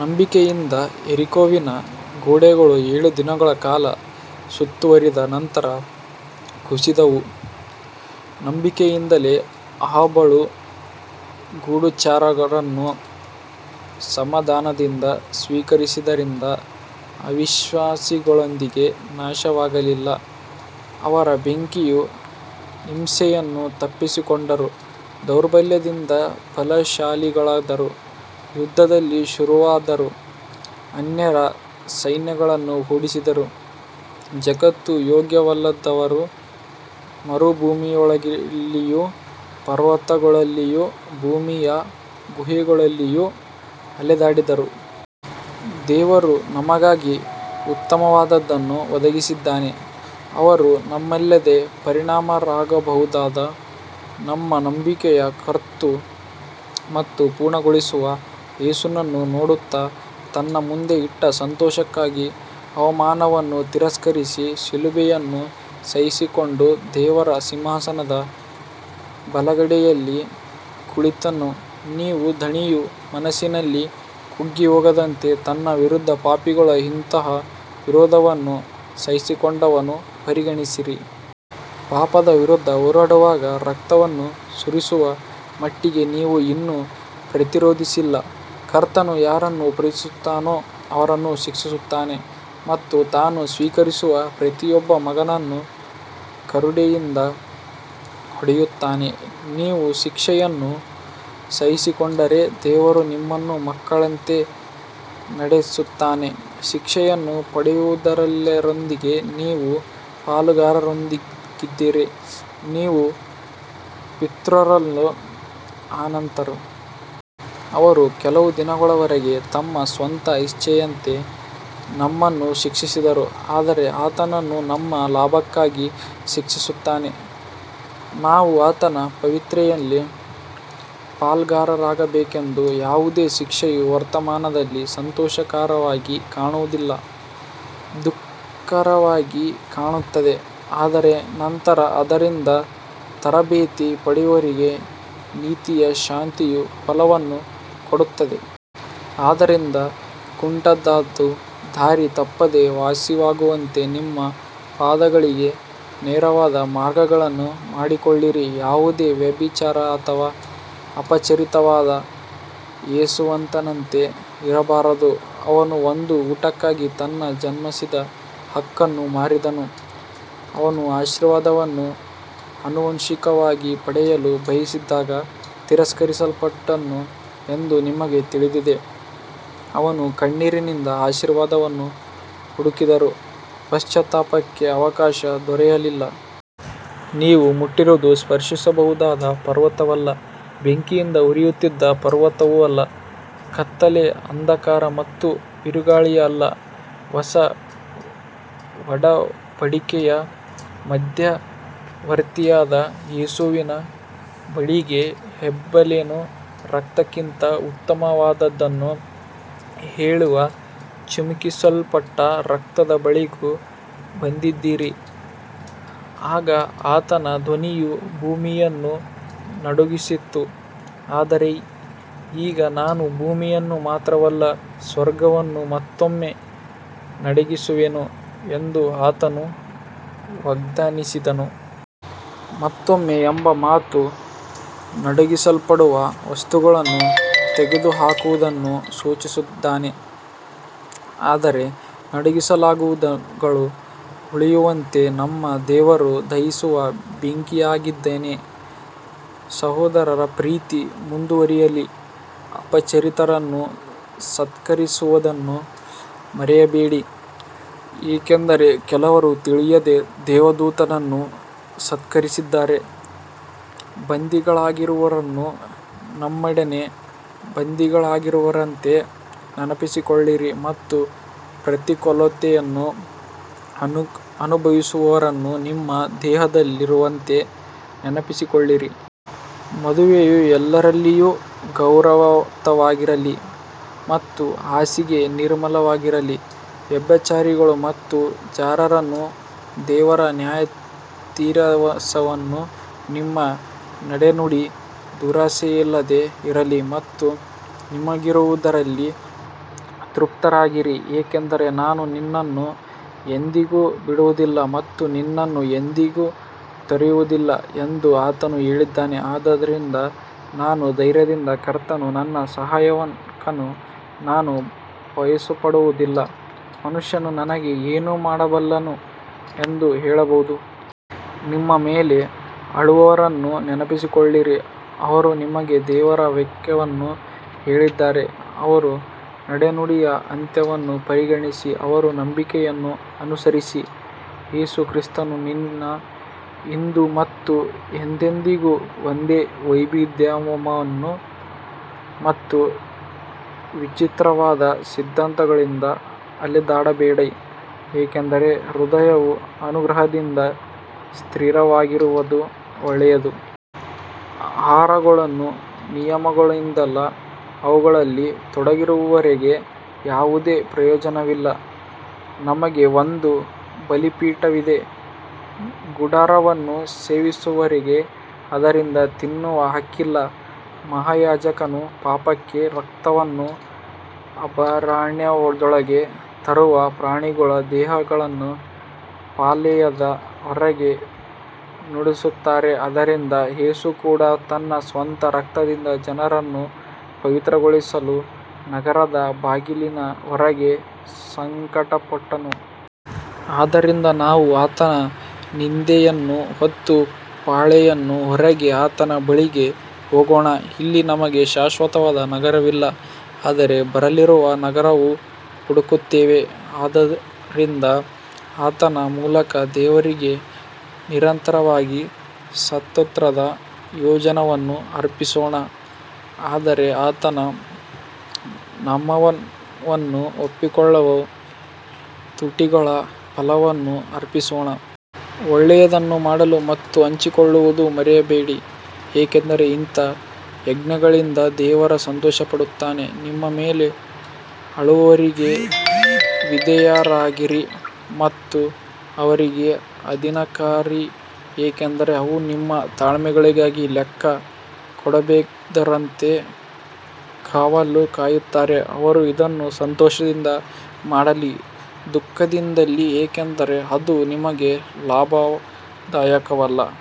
ನಂಬಿಕೆಯಿಂದ ಯೆರಿಕೋವಿನ ಗೋಡೆಗಳು ಏಳು ದಿನಗಳ ಕಾಲ ಸುತ್ತುವರಿದ ನಂತರ ಕುಸಿದವು. ನಂಬಿಕೆಯಿಂದಲೇ ರಾಹಾಬಳು ಗೂಢಚಾರರನ್ನು ಸಮಾಧಾನದಿಂದ ಸ್ವೀಕರಿಸಿದ್ದರಿಂದ ಅವಿಶ್ವಾಸಿಗಳೊಂದಿಗೆ ನಾಶವಾಗಲಿಲ್ಲ. ಅವರು ಬೆಂಕಿಯ ಹಿಂಸೆಯನ್ನು ತಪ್ಪಿಸಿಕೊಂಡರು, ದೌರ್ಬಲ್ಯದಿಂದ ಬಲಶಾಲಿಗಳಾದರು, ಯುದ್ಧದಲ್ಲಿ ಶೂರರಾದರು, ಅನ್ಯರ ಸೈನ್ಯಗಳನ್ನು ಓಡಿಸಿದರು. ಜಗತ್ತು ಯೋಗ್ಯವಲ್ಲದವರು ಮರುಭೂಮಿಗಳಲ್ಲಿಯೂ ಪರ್ವತಗಳಲ್ಲಿಯೂ ಭೂಮಿಯ ಗುಹೆಗಳಲ್ಲಿಯೂ ಅಲೆದಾಡಿದರು. ದೇವರು ನಮಗಾಗಿ ಉತ್ತಮವಾದದ್ದನ್ನು ಒದಗಿಸಿದ್ದಾನೆ, ಅವರು ನಮ್ಮಿಲ್ಲದೆ ಪರಿಪೂರ್ಣರಾಗಬಾರದು. ನಮ್ಮ ನಂಬಿಕೆಯ ಕರ್ತೃ ಮತ್ತು ಪೂರ್ಣಗೊಳಿಸುವ ಯೇಸುವನ್ನು ನೋಡುತ್ತಾ, ತನ್ನ ಮುಂದೆ ಇಟ್ಟ ಸಂತೋಷಕ್ಕಾಗಿ ಅವಮಾನವನ್ನು ತಿರಸ್ಕರಿಸಿ ಶಿಲುಬೆಯನ್ನು ಸಹಿಸಿಕೊಂಡು ದೇವರ ಸಿಂಹಾಸನದ ಬಲಗಡೆಯಲ್ಲಿ ಕುಳಿತನು. ನೀವು ದಣಿದು ಮನಸ್ಸಿನಲ್ಲಿ ಕುಗ್ಗಿಹೋಗದಂತೆ ತನ್ನ ವಿರುದ್ಧ ಪಾಪಿಗಳ ಇಂತಹ ವಿರೋಧವನ್ನು ಸಹಿಸಿಕೊಂಡವನನ್ನು ಪರಿಗಣಿಸಿರಿ. ಪಾಪದ ವಿರುದ್ಧ ಹೋರಾಡುವಾಗ ರಕ್ತವನ್ನು ಸುರಿಸುವ ಮಟ್ಟಿಗೆ ನೀವು ಇನ್ನೂ ಪ್ರತಿರೋಧಿಸಿಲ್ಲ. ಕರ್ತನು ಯಾರನ್ನು ಪ್ರೀತಿಸುತ್ತಾನೋ ಅವರನ್ನು ಶಿಕ್ಷಿಸುತ್ತಾನೆ ಮತ್ತು ತಾನು ಸ್ವೀಕರಿಸುವ ಪ್ರತಿಯೊಬ್ಬ ಮಗನನ್ನು ಕೊರಡೆಯಿಂದ ಹೊಡೆಯುತ್ತಾನೆ. ನೀವು ಶಿಕ್ಷೆಯನ್ನು ಸಹಿಸಿಕೊಂಡರೆ ದೇವರು ನಿಮ್ಮನ್ನು ಮಕ್ಕಳಂತೆ ನಡೆಸುತ್ತಾನೆ. ಶಿಕ್ಷೆಯನ್ನು ಪಡೆಯದವರೆಲ್ಲರೊಂದಿಗೆ ನೀವು ಪಾಲುಗಾರರಾಗಿದ್ದರೆ ನೀವು ಪುತ್ರರಲ್ಲ, ಅನಾಥರು. ಅವರು ಕೆಲವು ದಿನಗಳವರೆಗೆ ತಮ್ಮ ಸ್ವಂತ ಇಚ್ಛೆಯಂತೆ ನಮ್ಮನ್ನು ಶಿಕ್ಷಿಸಿದರು, ಆದರೆ ಆತನು ನಮ್ಮ ಲಾಭಕ್ಕಾಗಿ ಶಿಕ್ಷಿಸುತ್ತಾನೆ, ನಾವು ಆತನ ಪವಿತ್ರತೆಯಲ್ಲಿ ಪಾಲುಗಾರರಾಗಬೇಕೆಂದು. ಯಾವುದೇ ಶಿಕ್ಷೆಯು ವರ್ತಮಾನದಲ್ಲಿ ಸಂತೋಷಕರವಾಗಿ ಕಾಣುವುದಿಲ್ಲ, ದುಃಖಕರವಾಗಿ ಕಾಣುತ್ತದೆ. ಆದರೆ ನಂತರ ಅದರಿಂದ ತರಬೇತಿ ಪಡೆದವರಿಗೆ ನೀತಿಯ ಶಾಂತಿಯುತ ಫಲವನ್ನು ಕೊಡುತ್ತದೆ. ಆದ್ದರಿಂದ ಕುಂಟಾದದ್ದು ದಾರಿ ತಪ್ಪದೆ ವಾಸಿಯಾಗುವಂತೆ ನಿಮ್ಮ ಪಾದಗಳಿಗೆ ನೇರವಾದ ಮಾರ್ಗಗಳನ್ನು ಮಾಡಿಕೊಳ್ಳಿರಿ. ಯಾವುದೇ ವ್ಯಭಿಚಾರಿ ಅಥವಾ ಅಪವಿತ್ರನಾದ ಏಸಾವನಂತೆ ಇರಬಾರದು, ಅವನು ಒಂದು ಊಟಕ್ಕಾಗಿ ತನ್ನ ಜನ್ಮಸಿದ್ಧ ಹಕ್ಕನ್ನು ಮಾರಿದನು. ಅವನು ಆಶೀರ್ವಾದವನ್ನು ಆನುವಂಶಿಕವಾಗಿ ಪಡೆಯಲು ಬಯಸಿದಾಗ ತಿರಸ್ಕರಿಸಲ್ಪಟ್ಟನು ಎಂದು ನಿಮಗೆ ತಿಳಿದಿದೆ. ಅವನು ಕಣ್ಣೀರಿನಿಂದ ಆಶೀರ್ವಾದವನ್ನು ಹುಡುಕಿದರೂ ಪಶ್ಚಾತ್ತಾಪಕ್ಕೆ ಅವಕಾಶ ದೊರೆಯಲಿಲ್ಲ. ನೀವು ಮುಟ್ಟಿರುವುದು ಸ್ಪರ್ಶಿಸಬಹುದಾದ ಪರ್ವತವಲ್ಲ, ಬೆಂಕಿಯಿಂದ ಉರಿಯುತ್ತಿದ್ದ ಪರ್ವತವೂ ಅಲ್ಲ, ಕತ್ತಲೆ, ಅಂಧಕಾರ ಮತ್ತು ಬಿರುಗಾಳಿಯೂ ಅಲ್ಲ. ಹೊಸ ಒಡಂಬಡಿಕೆಯ ಮಧ್ಯವರ್ತಿಯಾದ ಯೇಸುವಿನ ಬಳಿಗೂ, ಹೇಬೆಲನ ರಕ್ತಕ್ಕಿಂತ ಉತ್ತಮವಾದದ್ದನ್ನು ಹೇಳುವ ಚಿಮುಕಿಸಲ್ಪಟ್ಟ ರಕ್ತದ ಬಳಿಗೂ ಬಂದಿದ್ದೀರಿ. ಆಗ ಆತನ ಧ್ವನಿಯು ಭೂಮಿಯನ್ನು ನಡುಗಿಸಿತು, ಆದರೆ ಈಗ ನಾನು ಭೂಮಿಯನ್ನು ಮಾತ್ರವಲ್ಲ, ಸ್ವರ್ಗವನ್ನೂ ಮತ್ತೊಮ್ಮೆ ನಡುಗಿಸುವೆನು ಎಂದು ಆತನು ವಾಗ್ದಾನಿಸಿದ್ದಾನೆ. ಮತ್ತೊಮ್ಮೆ ಎಂಬ ಮಾತು ನಡುಗಿಸಲ್ಪಡುವ ವಸ್ತುಗಳನ್ನು ತೆಗೆದುಹಾಕುವುದನ್ನು ಸೂಚಿಸುತ್ತದೆ, ಅಂದರೆ ನಡುಗಿಸಲಾಗದವುಗಳು ಉಳಿಯುವಂತೆ. ನಮ್ಮ ದೇವರು ದಹಿಸುವ ಬೆಂಕಿಯಾಗಿದ್ದಾನೆ. ಸಹೋದರ ಪ್ರೀತಿ ಮುಂದುವರಿಯಲಿ. ಅಪರಿಚಿತರನ್ನು ಸತ್ಕರಿಸುವುದನ್ನು ಮರೆಯಬೇಡಿ, ಏಕೆಂದರೆ ಕೆಲವರು ತಿಳಿಯದೆ ದೇವದೂತರನ್ನು ಸತ್ಕರಿಸಿದ್ದಾರೆ. ಬಂಧಿಗಳಾಗಿರುವವರನ್ನು ನಿಮ್ಮೊಡನೆ ಬಂಧಿಗಳಾಗಿರುವವರಂತೆ ನೆನಪಿಸಿಕೊಳ್ಳಿರಿ ಮತ್ತು ಪ್ರತಿಕೂಲತೆಯನ್ನು ಅನುಭವಿಸುವವರನ್ನು ನಿಮ್ಮ ದೇಹದಲ್ಲಿರುವವರಂತೆ ನೆನಪಿಸಿಕೊಳ್ಳಿರಿ. ಮದುವೆಯು ಎಲ್ಲರಲ್ಲಿಯೂ ಗೌರವಯುತವಾಗಿರಲಿ ಮತ್ತು ಹಾಸಿಗೆ ನಿರ್ಮಲವಾಗಿರಲಿ. ವ್ಯಭಿಚಾರಿಗಳನ್ನು ಮತ್ತು ಜಾರರನ್ನು ದೇವರು ನ್ಯಾಯತೀರಿಸುವನು. ನಿಮ್ಮ ನಡೆನುಡಿ ದುರಾಶೆಯಿಲ್ಲದೆ ಇರಲಿ ಮತ್ತು ನಿಮಗಿರುವುದರಲ್ಲಿ ತೃಪ್ತರಾಗಿರಿ, ಏಕೆಂದರೆ ನಾನು ನಿನ್ನನ್ನು ಎಂದಿಗೂ ಬಿಡುವುದಿಲ್ಲ ಮತ್ತು ನಿನ್ನನ್ನು ಎಂದಿಗೂ ತೊರೆಯುವುದಿಲ್ಲ ಎಂದು ಆತನು ಹೇಳಿದ್ದಾನೆ. ಆದ್ದರಿಂದ ನಾವು ಧೈರ್ಯದಿಂದ ಕರ್ತನು ನನ್ನ ಸಹಾಯಕನು, ನಾನು ಭಯಪಡುವುದಿಲ್ಲ, ಮನುಷ್ಯನು ನನಗೆ ಏನು ಮಾಡಬಲ್ಲನು ಎಂದು ಹೇಳಬಹುದು. ನಿಮ್ಮ ಮೇಲೆ ಆಳುವವರನ್ನು ನೆನಪಿಸಿಕೊಳ್ಳಿರಿ, ಅವರು ನಿಮಗೆ ದೇವರ ವಾಕ್ಯವನ್ನು ಹೇಳಿದ್ದಾರೆ. ಅವರ ನಡೆನುಡಿಯ ಅಂತ್ಯವನ್ನು ಪರಿಗಣಿಸಿ ಅವರ ನಂಬಿಕೆಯನ್ನು ಅನುಸರಿಸಿರಿ. ಯೇಸು ಕ್ರಿಸ್ತನು ನಿನ್ನೆ, ಇಂದು ಮತ್ತು ಎಂದೆಂದಿಗೂ ಒಂದೇ. ವೈವಿಧ್ಯಮಯ ಮತ್ತು ವಿಚಿತ್ರವಾದ ಸಿದ್ಧಾಂತಗಳಿಂದ ಅಲೆದಾಡಬೇಡಿ, ಏಕೆಂದರೆ ಹೃದಯವು ಅನುಗ್ರಹದಿಂದ ಸ್ಥಿರವಾಗಿರುವುದು ಒಳ್ಳೆಯದು. ಆಹಾರಗಳ ನಿಯಮಗಳಿಂದಲ್ಲ, ಅವುಗಳಲ್ಲಿ ತೊಡಗಿರುವವರಿಗೆ ಯಾವುದೇ ಪ್ರಯೋಜನವಿಲ್ಲ. ನಮಗೆ ಒಂದು ಬಲಿಪೀಠವಿದೆ, ಗುಡಾರವನ್ನು ಸೇವಿಸುವವರಿಗೆ ಅದರಿಂದ ತಿನ್ನುವ ಹಕ್ಕಿಲ್ಲ. ಮಹಾಯಾಜಕನು ಪಾಪಕ್ಕಾಗಿ ರಕ್ತವನ್ನು ಅಭಯಾರಣ್ಯದೊಳಗೆ ತರುವ ಪ್ರಾಣಿಗಳ ದೇಹಗಳನ್ನು ಪಾಳೆಯದ ಹೊರಗೆ ಸುಡುತ್ತಾರೆ. ಆದ್ದರಿಂದ ಯೇಸು ಕೂಡ ತನ್ನ ಸ್ವಂತ ರಕ್ತದಿಂದ ಜನರನ್ನು ಪವಿತ್ರಗೊಳಿಸಲು ನಗರದ ಬಾಗಿಲಿನ ಹೊರಗೆ ಸಂಕಟಪಟ್ಟನು. ಆದ್ದರಿಂದ ನಾವು ಆತನ ನಿಂದೆಯನ್ನು ಹೊತ್ತು ಪಾಳೆಯದ ಹೊರಗೆ ಆತನ ಬಳಿಗೆ ಹೋಗೋಣ. ಇಲ್ಲಿ ನಮಗೆ ಶಾಶ್ವತವಾದ ನಗರವಿಲ್ಲ, ಆದರೆ ಬರಲಿರುವ ನಗರವನ್ನು ಹುಡುಕುತ್ತೇವೆ. ಆದ್ದರಿಂದ ಆತನ ಮೂಲಕ ದೇವರಿಗೆ ನಿರಂತರವಾಗಿ ಸ್ತೋತ್ರದ ಯಜ್ಞವನ್ನು ಅರ್ಪಿಸೋಣ, ಅಂದರೆ ಆತನ ನಾಮವನ್ನು ಒಪ್ಪಿಕೊಳ್ಳುವ ತುಟಿಗಳ ಫಲವನ್ನು ಅರ್ಪಿಸೋಣ. ಒಳ್ಳೆಯದನ್ನು ಮಾಡಲು ಮತ್ತು ಹಂಚಿಕೊಳ್ಳುವುದನ್ನು ಮರೆಯಬೇಡಿ, ಏಕೆಂದರೆ ಇಂಥ ಯಜ್ಞಗಳಿಂದ ದೇವರು ಸಂತೋಷಪಡುತ್ತಾನೆ. ನಿಮ್ಮ ಮೇಲೆ ಆಳುವವರಿಗೆ ವಿಧೇಯರಾಗಿರಿ ಮತ್ತು ಅವರಿಗೆ ಅಧೀನರಾಗಿರಿ, ಏಕೆಂದರೆ ಅವರು ನಿಮ್ಮ ಆತ್ಮಗಳಿಗಾಗಿ ಲೆಕ್ಕ ಕೊಡಬೇಕಾದವರಂತೆ ಕಾವಲು ಕಾಯುತ್ತಾರೆ. ಅವರು ಇದನ್ನು ಸಂತೋಷದಿಂದ ಮಾಡಲಿ, ದುಃಖದಿಂದಲ್ಲ, ಏಕೆಂದರೆ ಅದು ನಿಮಗೆ ಲಾಭದಾಯಕವಲ್ಲ.